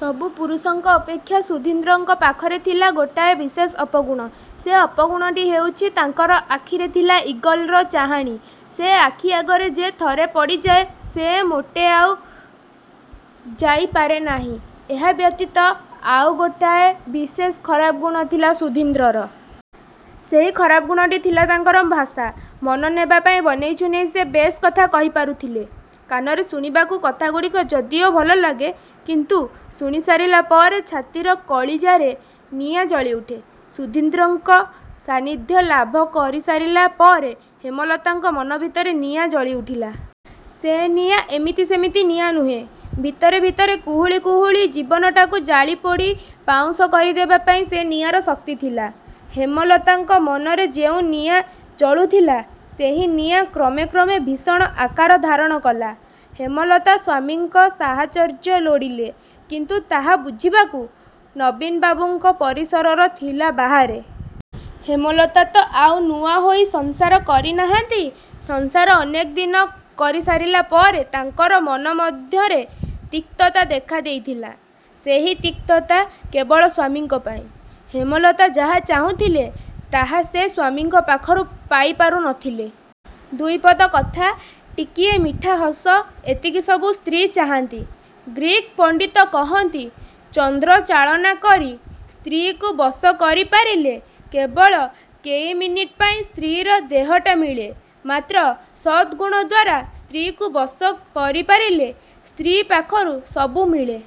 ସବୁ ପୁରୁଷଙ୍କ ଅପେକ୍ଷା ସୁଧୀନ୍ଦ୍ରଙ୍କ ପାଖରେ ଥିଲା ଗୋଟାଏ ବିଶେଷ ଅପଗୁଣ। ସେ ଅପଗୁଣଟି ହେଉଛି ତାଙ୍କର ଆଖିରେ ଥିଲା ଇଗଲର ଚାହାଣି। ସେ ଆଖି ଆଗରେ ଯେ ଥରେ ପଡ଼ିଯାଏ ସେ ମୋଟେ ଆଉ ଯାଇପାରେ ନାହିଁ। ଏହା ବ୍ୟତୀତ ଆଉ ଗୋଟାଏ ବିଶେଷ ଖରାପ ଗୁଣ ଥିଲା ସୁଧୀନ୍ଦ୍ରର। ସେହି ଖରାପ ଗୁଣଟି ଥିଲା ତାଙ୍କର ଭାଷା। ମନ ନେବାପାଇଁ ବନେଇ ଚୁନେଇ ସେ ବେଶ୍ କଥା କହିପାରୁଥିଲେ। କାନରେ ଶୁଣିବାକୁ କଥାଗୁଡ଼ିକ ଯଦିଓ ଭଲଲାଗେ; କିନ୍ତୁ ଶୁଣିସାରିଲା ପରେ ଛାତିର କଳିଜାରେ ନିଆଁ ଜଳିଉଠେ। ସୁଧୀନ୍ଦ୍ରଙ୍କ ସାନିଧ୍ୟ ଲାଭ କରିସାରିଲା ପରେ ହେମଲତାଙ୍କ ମନ ଭିତରେ ନିଆଁ ଜଳିଉଠିଲା। ସେ ନିଆଁ ଏମିତି ସେମିତି ନିଆଁ ନୁହେଁ। ଭିତରେ ଭିତରେ କୁହୁଳି କୁହୁଳି ଜୀବନଟାକୁ ଜାଳିପୋଡ଼ି ପାଉଁଶ କରିଦେବା ପାଇଁ ସେ ନିଆଁର ଶକ୍ତି ଥିଲା। ହେମଲତାଙ୍କ ମନରେ ଯେଉଁ ନିଆଁ ଜଳୁଥିଲା, ସେହି ନିଆଁ କ୍ରମେ କ୍ରମେ ଭୀଷଣ ଆକାର ଧାରଣ କଲା। ହେମଲତା ସ୍ୱାମୀଙ୍କ ସାହଚର୍ଯ୍ୟ ଲୋଡ଼ିଲେ; କିନ୍ତୁ ତାହା ବୁଝିବାକୁ ନବୀନବାବୁଙ୍କ ପରିସରର ଥିଲା ବାହାରେ। ହେମଲତା ତ ଆଉ ନୂଆ ହୋଇ ସଂସାର କରି ନାହାନ୍ତି। ସଂସାର ଅନେକ ଦିନ କରିସାରିଲା ପରେ ତାଙ୍କର ମନ ମଧ୍ୟରେ ତିକ୍ତତା ଦେଖାଦେଇଥିଲା। ସେହି ତିକ୍ତତା କେବଳ ସ୍ୱାମୀଙ୍କ ପାଇଁ। ହେମଲତା ଯାହା ଚାହୁଁଥିଲେ, ତାହା ସେ ସ୍ୱାମୀଙ୍କ ପାଖରୁ ପାଇପାରୁ ନ ଥିଲେ। ଦୁଇପଦ କଥା, ଟିକିଏ ମିଠାହସ ଏତିକି ସବୁ ସ୍ତ୍ରୀ ଚାହାଁନ୍ତି। ଗ୍ରୀକ୍ ପଣ୍ଡିତ କହନ୍ତି, ଚନ୍ଦ୍ର ଚାଳନା କରି ସ୍ତ୍ରୀକୁ ବଶ କରିପାରିଲେ କେବଳ କେଇ ମିନିଟ୍ ପାଇଁ ସ୍ତ୍ରୀର ଦେହଟା ମିଳେ। ମାତ୍ର ସଦ୍ଗୁଣଦ୍ୱାରା ସ୍ତ୍ରୀକୁ ବଶ କରିପାରିଲେ ସ୍ତ୍ରୀ ପାଖରୁ ସବୁ ମିଳେ।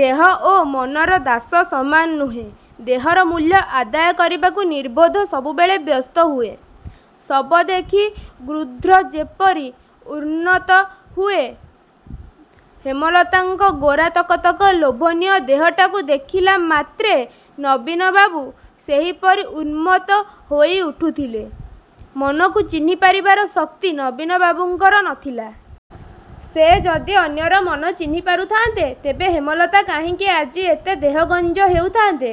ଦେହ ଓ ମନର ଦାମ ସମାନ ନୁହେଁ। ଦେହର ମୂଲ୍ୟ ଆଦାୟ କରିବାକୁ ନିର୍ବୋଧ ସବୁବେଳେ ବ୍ୟସ୍ତ ହୁଏ। ଶବ ଦେଖି ଗୃଧ୍ର ଯେପରି ଉନ୍ମତ୍ତ ହୁଏ, ହେମଲତାଙ୍କ ଗୋରା ତକତକ ଲୋଭନୀୟ ଦେହଟାକୁ ଦେଖିଲା ମାତ୍ରେ ନବୀନବାବୁ ସେହିପରି ମନ୍ମତ୍ତ ହୋଇଉଠୁଥିଲେ। ମନକୁ ଚିହ୍ନିପାରିବାର ଶକ୍ତି ନବୀନବାବୁଙ୍କର ନ ଥିଲା। ସେ ଯଦି ଅନ୍ୟର ମନ ଚିହ୍ନି ପାରୁଥାନ୍ତେ, ତେବେ ହେମଲତା କାହିଁକି ଆଜି ଏତେ ଦହଗଞ୍ଜ ହେଉଥାନ୍ତେ।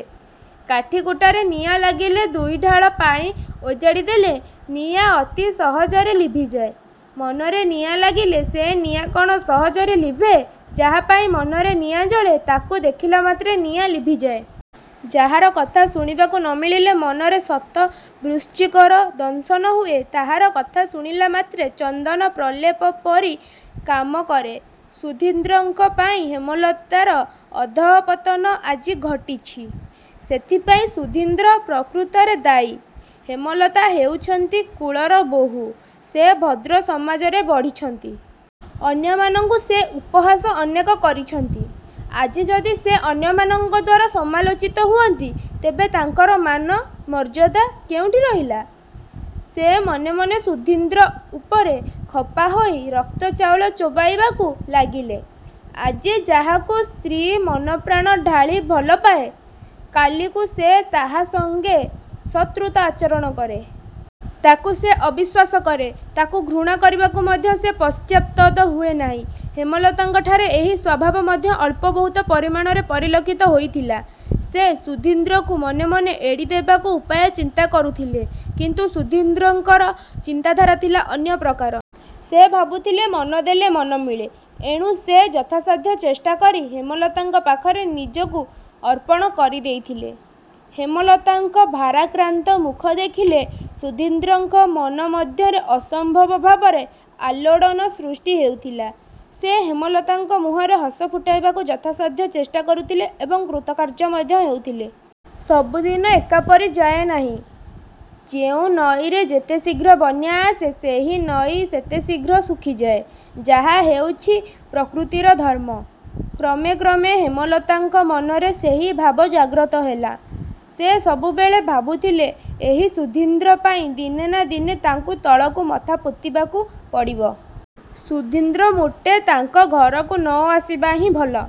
କାଠିକୁଟାରେ ନିଆଁ ଲାଗିଲେ ଦୁଇଢାଳ ପାଣି ଓଜାଡ଼ିଦେଲେ ନିଆଁ ଅତି ସହଜରେ ଲିଭିଯାଏ। ମନରେ ନିଆଁ ଲାଗିଲେ ସେ ନିଆଁ କ'ଣ ସହଜରେ ଲିଭେ? ଯାହାପାଇଁ ମନରେ ନିଆଁ ଜଳେ; ତାକୁ ଦେଖିଲା ମାତ୍ରେ ନିଆଁ ଲିଭିଯାଏ। ଯାହାର କଥା ଶୁଣିବାକୁ ନ ମିଳିଲେ ମନରେ ଶତ ବୃଶ୍ଚିକର ଦଂଶନ ହୁଏ, ତାହାର କଥା ଶୁଣିଲାମାତ୍ରେ ଚନ୍ଦନ ପ୍ରଲେପପରି କାମ କରେ। ସୁଧୀନ୍ଦ୍ରଙ୍କ ପାଇଁ ହେମଲତାର ଅଧଃପତନ ଆଜି ଘଟିଛି। ସେଥିପାଇଁ ସୁଧୀନ୍ଦ୍ର ପ୍ରକୃତରେ ଦାୟୀ। ହେମଲତା ହେଉଛନ୍ତି କୁଳର ବୋହୂ। ସେ ଭଦ୍ର ସମାଜରେ ବଢ଼ିଛନ୍ତି। ଅନ୍ୟମାନଙ୍କୁ ସେ ଉପହାସ ଅନେକ କରିଛନ୍ତି। ଆଜି ଯଦି ସେ ଅନ୍ୟମାନଙ୍କଦ୍ୱାରା ସମାଲୋଚିତ ହୁଅନ୍ତି, ତେବେ ତାଙ୍କର ମାନ, ମର୍ଯ୍ୟାଦା କେଉଁଠି ରହିଲା? ସେ ମନେମନେ ସୁଧୀନ୍ଦ୍ର ଉପରେ ଖପାହୋଇ ରକ୍ତଚାଉଳ ଚୋବାଇବାକୁ ଲାଗିଲେ। ଆଜି ଯାହାକୁ ସ୍ତ୍ରୀ ମନପ୍ରାଣ ଢାଳି ଭଲପାଏ, କାଲିକୁ ସେ ତାହା ସଙ୍ଗେ ଶତ୍ରୁତା ଆଚରଣ କରେ। ତାକୁ ସେ ଅବିଶ୍ୱାସ କରେ। ତାକୁ ଘୃଣା କରିବାକୁ ମଧ୍ୟ ସେ ପଶ୍ଚାତ୍ପଦ ହୁଏ ନାହିଁ। ହେମଲତାଙ୍କଠାରେ ଏହି ସ୍ୱଭାବ ମଧ୍ୟ ଅଳ୍ପ ବହୁତ ପରିମାଣରେ ପରିଲକ୍ଷିତ ହୋଇଥିଲା। ସେ ସୁଧୀନ୍ଦ୍ରକୁ ମନେମନେ ଏଡ଼ିଦେବାକୁ ଉପାୟ ଚିନ୍ତା କରୁଥିଲେ। କିନ୍ତୁ ସୁଧୀନ୍ଦ୍ରଙ୍କର ଚିନ୍ତାଧାରା ଥିଲା ଅନ୍ୟପ୍ରକାର। ସେ ଭାବୁଥିଲେ ମନ ଦେଲେ ମନ ମିଳେ। ଏଣୁ ସେ ଯଥାସାଧ୍ୟ ଚେଷ୍ଟାକରି ହେମଲତାଙ୍କ ପାଖରେ ନିଜକୁ ଅର୍ପଣ କରିଦେଇଥିଲେ। ହେମଲତାଙ୍କ ଭାରାକ୍ରାନ୍ତ ମୁଖ ଦେଖିଲେ ସୁଧୀନ୍ଦ୍ରଙ୍କ ମନ ମଧ୍ୟରେ ଅସମ୍ଭବ ଭାବରେ ଆଲୋଡ଼ନ ସୃଷ୍ଟି ହେଉଥିଲା। ସେ ହେମଲତାଙ୍କ ମୁହଁରେ ହସଫୁଟାଇବାକୁ ଯଥାସାଧ୍ୟ ଚେଷ୍ଟା କରୁଥିଲେ ଏବଂ କୃତକାର୍ଯ୍ୟ ମଧ୍ୟ ହେଉଥିଲେ। ସବୁଦିନ ଏକାପରି ଯାଏନାହିଁ। ଯେଉଁ ନଈରେ ଯେତେ ଶୀଘ୍ର ବନ୍ୟା ଆସେ, ସେହି ନଈ ସେତେ ଶୀଘ୍ର ଶୁଖିଯାଏ। ଏହା ହେଉଛି ପ୍ରକୃତିର ଧର୍ମ। କ୍ରମେ କ୍ରମେ ହେମଲତାଙ୍କ ମନରେ ସେହି ଭାବ ଜାଗ୍ରତ ହେଲା। ସେ ସବୁବେଳେ ଭାବୁଥିଲେ ଏହି ସୁଧୀନ୍ଦ୍ର ପାଇଁ ଦିନେ ନା ଦିନେ ତାଙ୍କୁ ତଳକୁ ମଥା ପୋତିବାକୁ ପଡ଼ିବ। ସୁଧୀନ୍ଦ୍ର ମୋଟେ ତାଙ୍କ ଘରକୁ ନ ଆସିବା ହିଁ ଭଲ।